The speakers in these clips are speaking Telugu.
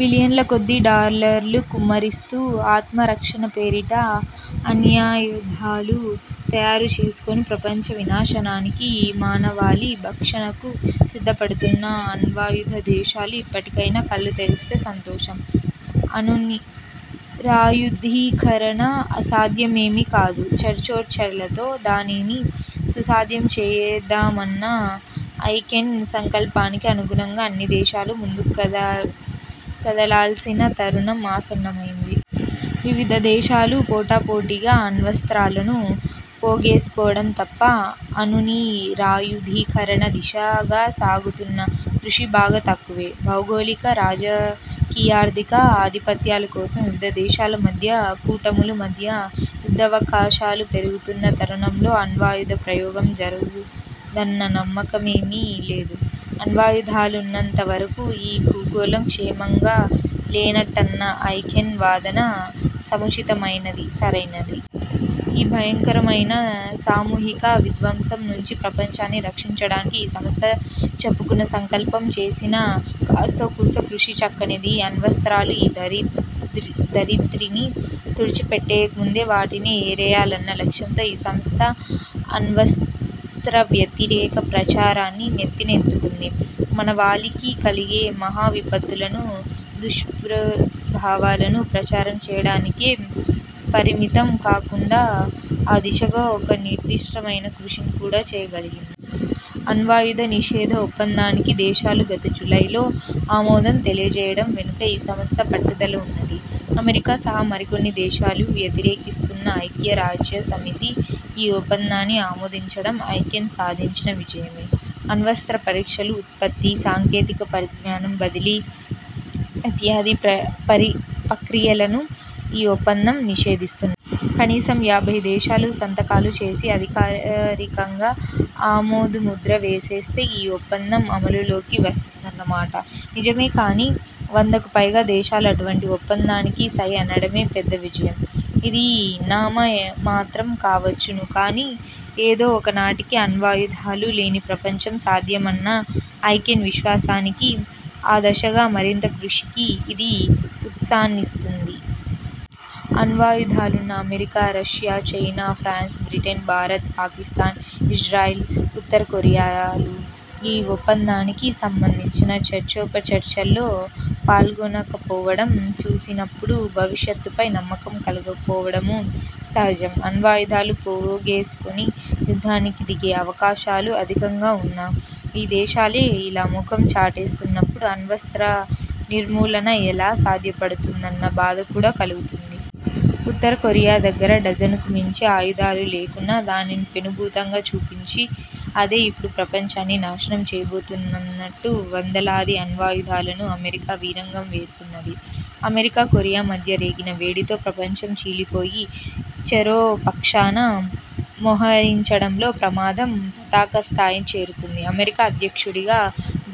బిలియన్ల కొద్దీ డాలర్లు కుమ్మరిస్తూ ఆత్మరక్షణ పేరిట అణ్వాయుధాలు తయారుచేసుకుని, ప్రపంచ వినాశనానికీ, మానవాళి భక్షణకూ సిద్ధపడుతున్న అణ్వాయుధ దేశాలు ఇప్పటికైనా కళ్లు తెరిస్తే సంతోషం. అణునిరాయుధీకరణ అసాధ్యమేమీ కాదు, చర్చోచర్చలతో దానిని సుసాధ్యం చేద్దామన్న ఐ కెన్ సంకల్పానికి అనుగుణంగా అన్ని దేశాలూ ముందుకు కదలాల్సిన తరుణం ఆసన్నమైంది. వివిధ దేశాలు పోటాపోటీగా అణ్వస్త్రాలను పోగేసుకోవడం తప్ప, అణునిరాయుధీకరణ దిశగా సాగుతున్న కృషి బాగా తక్కువే. భౌగోళిక, రాజకీయార్థిక ఆధిపత్యాల కోసం వివిధ దేశాల మధ్య, కూటముల మధ్య యుద్ధావకాశాలు పెరిగిపోతున్న తరుణంలో అణ్వాయుధ ప్రయోగం జరగదన్న నమ్మకమేమీ లేదు. అణ్వాయుధాలున్నంత వరకూ ఈ భూగోళం క్షేమంగా లేనట్టేనన్న ఐ కెన్ వాదన సముచితమైనది, సరైనది. ఈ భయంకరమైన, సామూహిక విధ్వంసం నుంచి ప్రపంచాన్ని రక్షించడానికి ఈ సంస్థ చెప్పుకున్న సంకల్పం, చేసిన కాస్తోకూస్తో కృషి చక్కనిది. అణ్వస్త్రాలు ఈ ధరిత్రిని తుడిచిపెట్టేయకముందే, వాటినే ఏరేయాలన్న లక్ష్యంతో ఈ సంస్థ అణ్వస్త్రవ్యతిరేక ప్రచారాన్ని నెత్తిన ఎత్తుకుంది. మనవాళికి కలిగే మహావిపత్తును, దుష్ప్రభావాలను ప్రచారం చేయడానికే పరిమితం కాకుండా ఆ దిశగా ఒక నిర్దిష్టమైన కృషిని కూడా చేయగలిగింది. అణ్వాయుధ నిషేధ ఒప్పందానికి దేశాలు గత జూలైలో ఆమోదం తెలియచేయడం వెనుక ఈ సంస్థ పట్టుదల ఉన్నది. అమెరికా సహా మరికొన్ని దేశాలు వ్యతిరేకిస్తున్నా ఐక్యరాజ్యసమితి ఈ ఒప్పందాన్ని ఆమోదించడం ఐకెన్ సాధించిన విజయమే. అణ్వస్త్ర పరీక్షలు, ఉత్పత్తి, సాంకేతిక పరిజ్ఞానం బదిలీ ఇత్యాది ప్రక్రియలను ఈ ఒప్పందం నిషేధిస్తున్నది. కనీసం యాభై దేశాలు సంతకాలు చేసి, అధికారికంగా ఆమోదముద్ర వేస్తేనే ఈ ఒప్పందం అమలులోకి వస్తుందన్నమాట నిజమే కానీ, వందకుపైగా దేశాలు అటువంటి ఒప్పందానికి సై అనడమే పెద్ద విజయం. ఇది నామమాత్రం కావచ్చును కానీ, ఏదో ఒక నాటికి అణ్వాయుధాలు లేని ప్రపంచం సాధ్యమన్న ఐ కెన్ విశ్వాసానికీ, ఆ దిశగా మరింత కృషికీ ఇది ఊతాన్నిస్తున్నది. అణ్వాయుధాలున్న America, Russia, China, France, Britain, Bharat, Pakistan, Israel, ఉత్తరకొరియాలు ఈ ఒప్పందానికి సంబంధించిన చర్చోపచర్చల్లో పాల్గొనకపోవడం చూసినప్పుడు భవిష్యత్తుపై నమ్మకం కలగకపోవడమూ సహజం. అణ్వాయుధాలు పోగేసుకొని, యుద్ధానికి దిగే అవకాశాలు అధికంగా ఉన్న ఈ దేశాలే ఇలా మొఖం చాటేసినప్పుడు అణ్వస్త్ర నిర్మూలన ఎలా సాధ్యపడుతుందన్న బాధ కూడా కలుగుతుంది. ఉత్తరకొరియా దగ్గర డజనుకు మించి ఆయుధాలు లేకున్నా దానిని పెనుభూతంగా చూపించి, అదే ఇప్పుడు ప్రపంచాన్ని నాశనం చేయబోతున్నదంటూ వందలాది అణ్వాయుధాలున్న అమెరికా వీరంగం వేస్తున్నది. అమెరికా, కొరియా మధ్య రేగిన వేడితో ప్రపంచం చీలిపోయి చెరోపక్షాన మోహరించడంతో ప్రమాదం పతాకస్థాయికి చేరుకుంది. అమెరికా అధ్యక్షుడిగా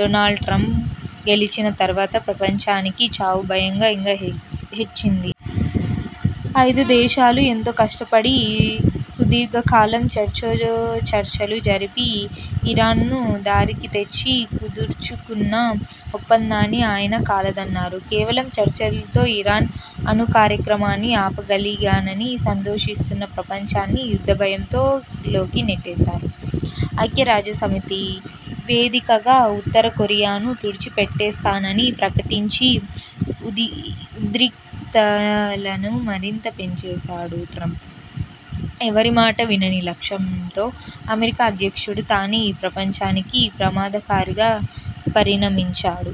డొనాల్డ్ట్రంప్ గెలిచిన తరువాత ప్రపంచానికి చావుభయం ఇంకా హెచ్చింది. ఐదుదేశాలు ఎంతో కష్టపడి, సుదీర్ఘకాలం చర్చోచర్చలు జరిపి ఇరాన్ను దారికితెచ్చి కుదర్చుకున్న ఒప్పందాన్ని ఆయన కాలదన్నారు. కేవలం చర్చలతో ఇరాన్ అణుకార్యక్రమాన్ని ఆపగలిగానని సంతోషిస్తున్న ప్రపంచాన్ని యుద్ధభయంలోకి నెట్టేశారు. ఐక్యరాజ్యసమితి వేదికగా ఉత్తరకొరియాను తుడిచిపెట్టేస్తానని ప్రకటించి ఉద్రిక్తతలను మరింత పెంచేశాడు ట్రంప్. ఎవరిమాటా వినని లక్షణంతో అమెరికా అధ్యక్షుడు తానే ఈ ప్రపంచానికి ప్రమాదకారిగా పరిణమించాడు.